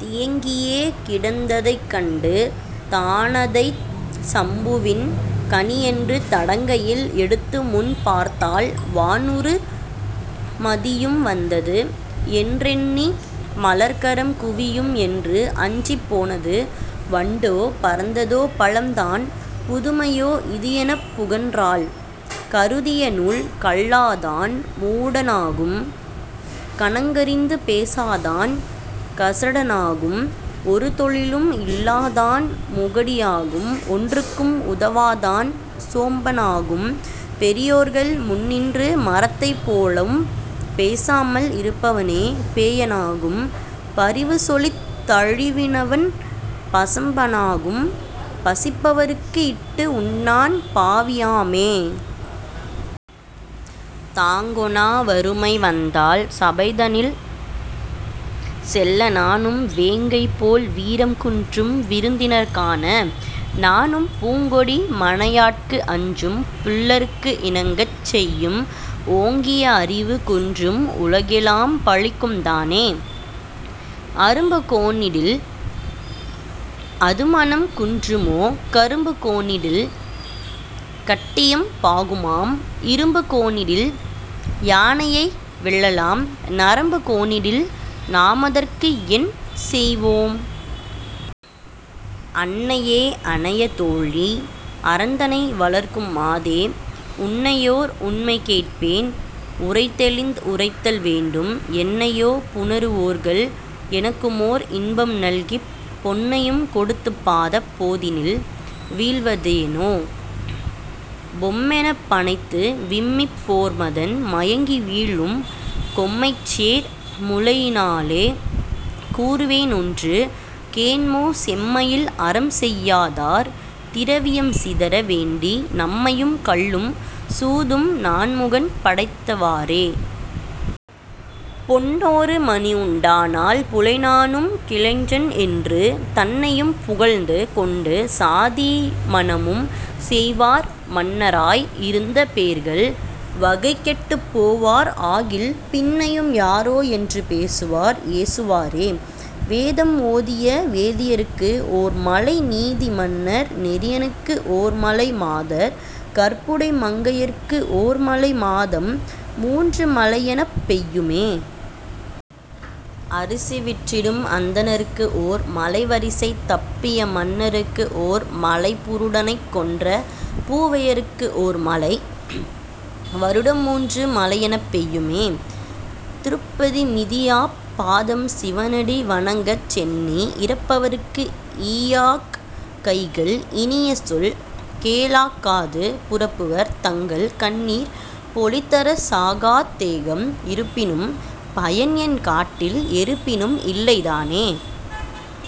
தியங்கியே கிடந்ததைக் கண்டு தானதைச் சம்புவின் கனி என்று தடங்கையில் எடுத்துமுன் பார்த்தாள் வானுறு மதியும் வந்தது என்றெண்ணி மலர்கரம் குவியும் என்று அஞ்சிப் போனது வண்டோ பறந்ததோ பழம் தான் புதுமையோ இது எனப் புகன்றாள்.. கருதிய நூல் கல்லாதான் மூடனாகும் கணக்கறிந்து பேசாதான் கசடனாகும் ஒரு தொழிலும் இல்லாதான் முகடியாகும் ஒன்றுக்கும் உதவாதான் சோம்பனாகும் பெரியோர்கள் முன்னின்று மரத்தைப் போலும் பேசாமல் இருப்பவனே பேயனாகும் பரிவு சொலித் தழிவினவன் பசப்பனாகும் பசிப்பவருக்கு இட்டு உண்ணான் பாவியாமே.. தாங்கொணா வறுமை வந்தால் சபைதனில் செல்ல நாணும் வேங்கை போல் வீரம் குன்றும் விருந்தினர் காண நாணும் பூங்கொடி மனையாட்கு அஞ்சும் புல்லருக்கு இணங்கச் செய்யும் ஓங்கிய அறிவு குன்றும் உலகெலாம் பழிக்கும் தானே.. அரும்பு கோணிடில் அதுமணம் குன்றுமோ கரும்பு கோணிடில் கட்டியம் பாகுமாம் இரும்பு கோணிடில் யானையை வெல்லலாம் நரம்பு கோணிடில் நாமதற்கு என் செய்வோம்?. அன்னையே அனைய தோழி அறந்தனை வளர்க்கும் மாதே உன்னையோர் உண்மை கேட்பேன் உரை தெளிந்து உரைத்தல் வேண்டும் என்னையோ புணருவோர்கள் எனக்குமோர் இன்பம் நல்கிப் பொன்னையும் கொடுத்துப் பாதப் போதினில் வீழ்வதேனோ?. பொம்மெனப் பணைத்து விம்மிப் போர்மதன் மயங்கி வீழும் கொம்மைசேர் முலையினாளே கூறுவேன் ஒன்று கேண்மோ செம்மையில் அறம் செய்யாதார் திரவியம் சிதற வேண்டி நம்மையும் கள்ளும் சூதும் நான்முகன் படைத்தவாறே!. பொன்னொரு மணி உண்டானால் புலைஞனும் கிளைஞன் என்று தன்னையும் புகழ்ந்து கொண்டு சாதியி மணமும் செய்வார் மன்னராய் இருந்த பேர்கள் வகைகெட்டுப் போவார் ஆகில் பின்னையும் யாரோ என்று பேசுவார் ஏசுவாரே!. வேதம் ஓதிய வேதியர்க்கு ஒர் மழை நீதி மன்னர் நெறியனுக்கு ஓர் மழை மாதர் கற்புடை மங்கையர்க்கு ஓர் மழை மாதம் மூன்று மழைஎனப் பெய்யுமே.. அரிசி விற்றிடும் அந்தணர்க்கு ஓர் மழை வரிசை தப்பிய மன்னருக்கு ஓர் மழை புருடனைக் கொன்ற பூவையர்க்கு ஓர் மழை வருடம் மூன்று மழையெனப் பெய்யுமே.. திருப்பதி மிதியாப் பாதம் சிவனடி வணங்காச் சென்னி இரப்பவர்க்கு ஈயாக் கைகள் இனிய சொல் கேளாக் காது புரப்பவர் தங்கள் கண்ணீர் பொழிதரச் சாகாத் தேகம் இருப்பினும் பயன் என் காட்டில் எரிப்பினும் இல்லை தானே..